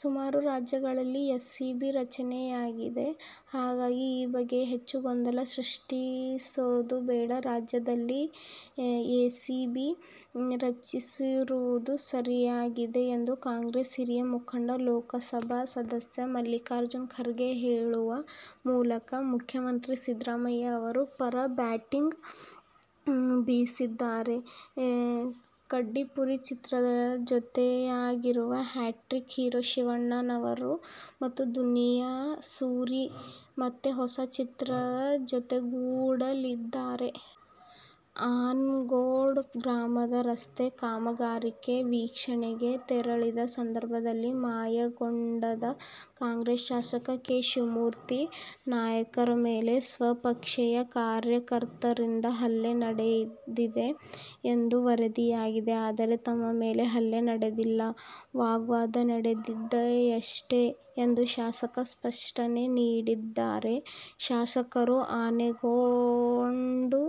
ಸುಮಾರು ರಾಜ್ಯಗಳಲ್ಲಿ ಎಸಿಬಿ ರಚನೆಯಾಗಿದೆ. ಹಾಗಾಗಿ ಈ ಬಗ್ಗೆ ಹೆಚ್ಚು ಗೊಂದಲ ಸೃಷ್ಟಿಸೋದು ಬೇಡ. ರಾಜ್ಯದಲ್ಲಿ ಎಸಿಬಿ ರಚಿಸಿರುವುದು ಸರಿಯಾಗಿದೆ ಎಂದು ಕಾಂಗ್ರೆಸ್ ಹಿರಿಯ ಮುಖಂಡ, ಲೋಕಸಭಾ ಸಂಸದ ಮಲ್ಲಿಕಾರ್ಜುನ ಖರ್ಗೆ ಹೇಳುವ ಮೂಲಕ ಮುಖ್ಯಮಂತ್ರಿ ಸಿದ್ದರಾಮಯ್ಯ ಅವರ ಪರ ಬ್ಯಾಟಿಂಗ್ ಬೀಸಿದ್ದಾರೆ. 'ಕಡ್ಡಿಪುಡಿ' ಚಿತ್ರದಲ್ಲಿ ಜೊತೆಯಾಗಿದ್ದ ಹ್ಯಾಟ್ರಿಕ್ ಹೀರೊ ಶಿವರಾಜ್ ಕುಮಾರ್ ಮತ್ತು ದುನಿಯಾ ಸೂರಿ ಮತ್ತೆ ಹೊಸ ಚಿತ್ರದಲ್ಲಿ ಜೊತೆಗೂಡಲಿದ್ದಾರೆ. ಆನಗೋಡು ಗ್ರಾಮದ ರಸ್ತೆ ಕಾಮಗಾರಿ ವೀಕ್ಷಣೆಗೆ ತೆರಳಿದ ಸಂದರ್ಭದಲ್ಲಿ ಮಾಯಕೊಂಡದ ಕಾಂಗ್ರೆಸ್ ಶಾಸಕ ಕೆ. ಶಿವಮೂರ್ತಿ ನಾಯ್ಕರ ಮೇಲೆ ಸ್ವಪಕ್ಷೀಯ ಕಾರ್ಯಕರ್ತರಿಂದ ಹಲ್ಲೆ ನಡೆದಿದೆ ಎಂದು ವರದಿಯಾಗಿದೆ. ಆದರೆ, ತಮ್ಮ ಮೇಲೆ ಹಲ್ಲೆ ನಡೆದಿಲ್ಲ. ವಾಗ್ವಾದ ನಡೆದಿದೆಯಷ್ಟೇ ಎಂದು ಶಾಸಕರು ಸ್ಪಷ್ಟನೆ ನೀಡಿದ್ದಾರೆ. ಶಾಸಕರು ಆನಗೋಡು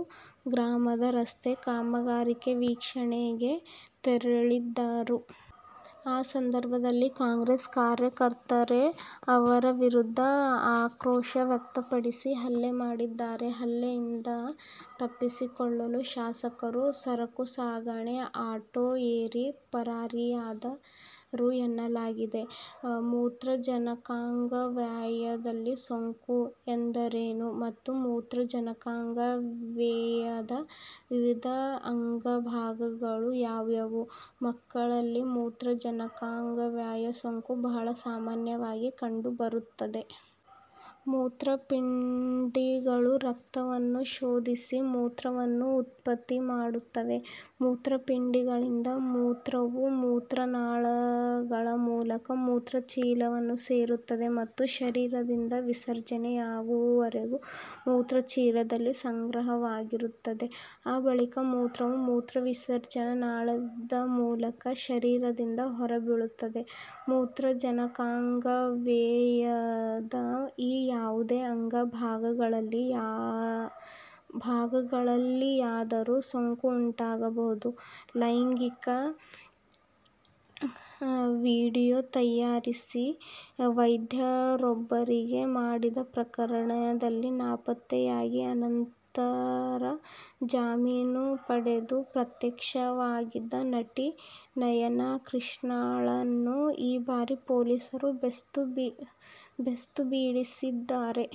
ಗ್ರಾಮದ ರಸ್ತೆ ಕಾಮಗಾರಿ ವೀಕ್ಷಣೆಗೆ ತೆರಳಿದ್ದರು. ಆ ಸಂದರ್ಭದಲ್ಲಿ ಕಾಂಗ್ರೆಸ್ ಕಾರ್ಯಕರ್ತರೇ ಅವರ ವಿರುದ್ಧ ಆಕ್ರೋಶ ವ್ಯಕ್ತಪಡಿಸಿ, ಹಲ್ಲೆ ಮಾಡಿದ್ದಾರೆ. ಹಲ್ಲೆಯಿಂದ ತಪ್ಪಿಸಿಕೊಳ್ಳಲು ಶಾಸಕರು ಸರಕು ಸಾಗಣೆ ಆಟೋ ಏರಿ ಪರಾರಿಯಾದರು ಎನ್ನಲಾಗಿದೆ. ಮೂತ್ರಜನಕಾಂಗವ್ಯೂಹದ ಸೋಂಕು ಎಂದರೇನು ಮತ್ತು ಮೂತ್ರಜನಕಾಂಗ ವ್ಯೂಹದ ವಿವಿಧ ಅಂಗಭಾಗಗಳು ಯಾವುವು? ಮಕ್ಕಳಲ್ಲಿ ಮೂತ್ರಜನಕಾಂಗವ್ಯೂಹದ ಸೋಂಕು ಬಹಳ ಸಾಮಾನ್ಯವಾಗಿ ಕಂಡು ಬರುತ್ತದೆ. ಮೂತ್ರಪಿಂಡಗಳು ರಕ್ತವನ್ನು ಶೋಧಿಸಿ ಮೂತ್ರವನ್ನು ಉತ್ಪತ್ತಿ ಮಾಡುತ್ತವೆ; ಮೂತ್ರಪಿಂಡಗಳಿಂದ ಮೂತ್ರವು ಮೂತ್ರನಾಳಗಳ ಮೂಲಕ ಮೂತ್ರಚೀಲವನ್ನು ಸೇರುತ್ತದೆ ಮತ್ತು ಶರೀರದಿಂದ ವಿಸರ್ಜನೆ ಆಗುವವರೆಗೆ ಮೂತ್ರಚೀಲದಲ್ಲಿ ಸಂಗ್ರಹವಾಗಿರುತ್ತದೆ. ಆ ಬಳಿಕ ಮೂತ್ರವು ಮೂತ್ರವಿಸರ್ಜನಾನಾಳದ ಮೂಲಕ ಶರೀರದಿಂದ ಹೊರಬೀಳುತ್ತದೆ. ಮೂತ್ರಜನಕಾಂಗವ್ಯೂಹದ ಈ ಯಾವುದೇ ಅಂಗ-ಭಾಗಗಳಲ್ಲಿಯಾದರೂ ಸೋಂಕು ಉಂಟಾಗಬಹುದು. ಲೈಂಗಿಕ ವಿಡಿಯೋ ತಯಾರಿಸಿ ವೈದ್ಯರೊಬ್ಬರಿಗೆ ಮಾಡಿದ ಪ್ರಕರಣದಲ್ಲಿ ನಾಪತ್ತೆಯಾಗಿ ಅನಂತರ ಜಾಮೀನು ಪಡೆದು ಪ್ರತ್ಯಕ್ಷವಾಗಿದ್ದ ನಟಿ ನಯನಾಕೃಷ್ಣಳನ್ನು ಈ ಬಾರಿ ಪೊಲೀಸರು ಬೇಸ್ತು ಬೀಳಿಸಿದ್ದಾರೆ.